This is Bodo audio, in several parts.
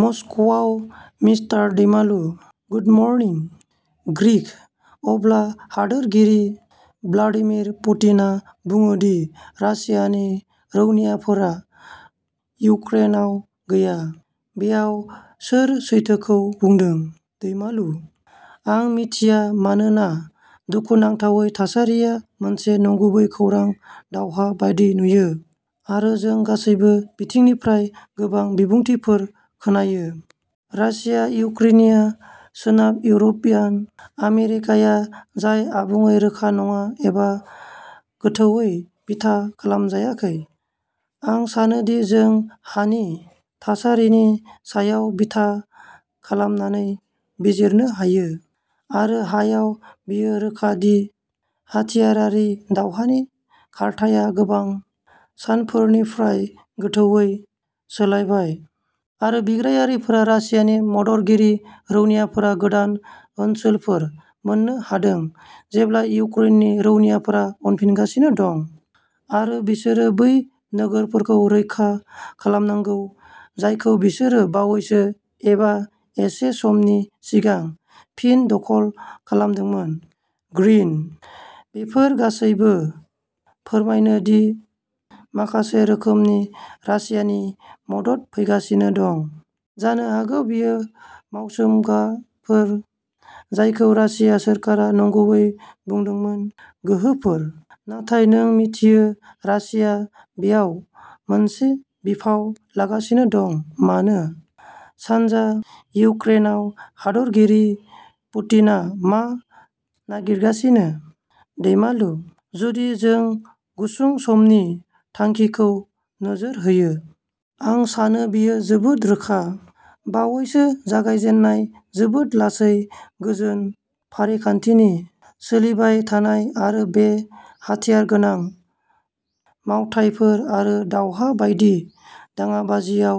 मस्क'आव, mister Daimalu: good morning. Green अब्ला हादोरगिरि भ्लादिमिर पुटिनआ बुङो दि रासियानि रौनियाफोरा युक्रेनआव गैया। बेयाव सोर सैथोखौ बुंदों? दैमालु: आं मिथिया मानोना दुखुनांथावै थासारिया मोनसे नंगुबै खौरां दावहा बायदि नुयो। आरो जों गासैबो बिथिंनिफ्राय गोबां बिबुंथिफोर खोनायो। रासिया, युक्रेनिया सोनाब इउर'पियान। आमेरिकाया जाय आबुङै रोखा नङा एबा गोथौवै बिथा खालामजायाखै। आं सानोदि जों हानि थासारिनि सायाव बिथा खालामनानै बिजिरनो हायो। आरो हायाव बेयो रोखा दि हाथियारारि दावहानि खारथाइया गोबां सानफोरनिफ्राय गोथौवै सोलायबाय। आरो बिग्रायारिफोरा रासियानि मददगिरि रौनियाफोरा गोदान ओनसोलफोर मोन्नो हादों जेब्ला युक्रेननि रौनियाफोरा उनफिनगासिनो दं। आरो बिसोरो बै नोगोरफोरखौ रैखा खालामनांगौ जायखौ बिसोरो बावैसो एबा एसे समनि सिगां फिन दखल खालामदोंमोन। ग्रीनः बेफोर गासैबो फोरमायो दि माखासे रोखोमनि रासियानि मदद फैगासिनो दं। जानो हागौ बेयो मावसोमग्राफोर जायखौ रासिया सोरखारा नंगुबै बुंदोंमोन। गोहोफोर। नाथाय नों मिथियो रासिया बेयाव मोनसे बिफाव लागासिनो दं। मानो? सानजा इउक्रेनाव हादोरगिरि पुटिनआ मा नागिरगासिनो? दैमालु: जुदि जों गुसुं समनि थांखिखौ नोजोर होयो। आं सानो बेयो जोबोद रोखा। बावैसो जागायजेन्नाय जोबोद लासै गोजोन फारिखान्थिनि सोलिबायथानाय आरो बे हाथियारगोनां मावथायफोर आरो दावहा बायदि दाङाबाजियाव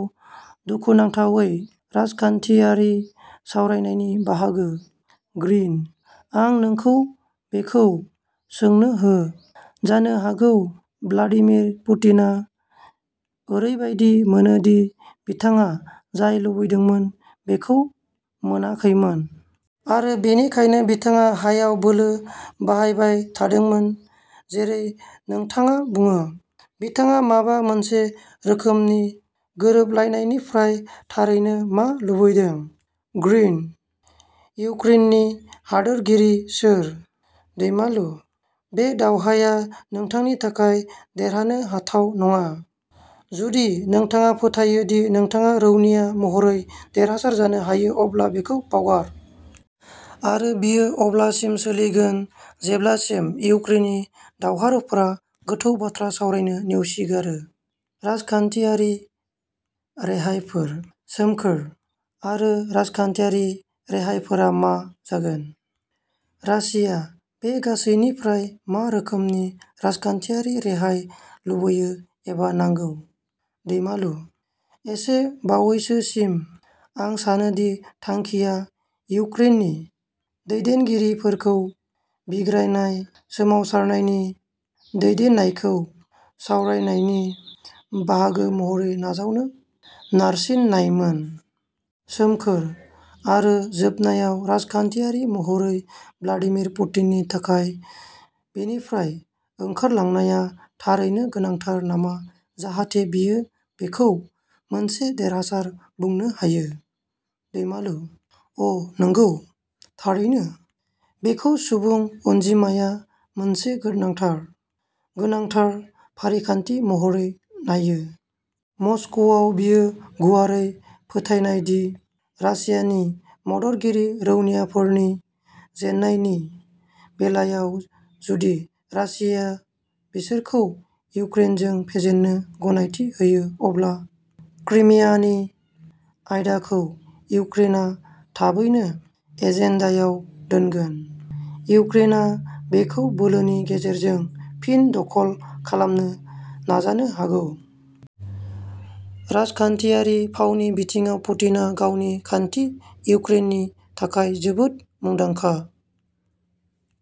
दुखुनांथावै राजखान्थियारि सावरायनायनि बाहागो। ग्रिनः आं नोंखौ बेखौ सोंनो हो। जानो हागौ भ्लादिमिर पुटिनआ ओरैबायदि मोनो दि बिथाङा जाय लुबैदोंमोन बेखौ मोनाखैमोन। आरो बेनिखायनो बिथाङा हायाव बोलो बाहायबाय थादोंमोन जेरै नोंथाङा बुङो। बिथाङा माबा मोनसे रोखोमनि गोरोबलायनायनिफ्राय थारैनो मा लुबैदों? ग्रिनः इउक्रेननि हादोरगिरि सोर। दैमालु: बे दावहाया नोंथांनि थाखाय देरहानो हाथाव नङा। जुदि नोंथाङा फोथायो दि नोंथाङा रौनिया महरै देरहासार जानो हायो अब्ला बेखौ बावगार। आरो बेयो अब्लासिम सोलिगोन जेब्लासिम इउक्रेननि दावहारुफोरा गोथौ बाथ्रा सावरायनो नेवसिगारो। राजखान्थियारि रेहायफोर। सोमखोरः आरो राजखान्थियारि रेहायफोरा मा जागोन? रासिया बे गासैनिफ्राय मा रोखोमनि राजखान्थियारि रेहाय लुबैयो एबा नांगौ? दैमालु: एसे बावैसोसिम आं सानो दि थांखिया इउक्रेननि दैदेनगिरिफोरखौ बिग्रायनाय सोमावसारनायनि दैदेननायखौ सावरायनायनि बाहागो महरै नाजावनो नारसिननायमोन। सोमखोरः आरो जोबनायाव, राजखान्थियारि महरै भ्लादिमिर पुटिननि थाखाय बेनिफ्राय ओंखारलांनाया थारैनो गोनांथार नामा जाहाथे बियो बेखौ मोनसे देरहासार बुंनो हायो? दैमालु: अ नंगौ। थारैनो। बेखौ सुबुं अनजिमाया मोनसे गोनांथार, गोनांथार फारिखान्थि महरै नायो। मस्क'आव बेयो गुवारै फोथायनाय दि रासियानि मददगिरि रौनियाफोरनि जेननायनि बेलायाव जुदि रासिया बिसोरखौ इउक्रेनजों फेजेननो गनायथि होयो अब्ला क्रिमियानि आयदाखौ इउक्रेनआ थाबैनो एजेन्डायाव दोनगोन। इउक्रेनआ बेखौ बोलोनि गेजेरजों फिन दखल खालामनो नाजानो हागौ। राजखान्थियारि फावनि बिथिङाव पुटिनआ गावनि खान्थि इउक्रेननि थाखाय जोबोद मुंदांखा।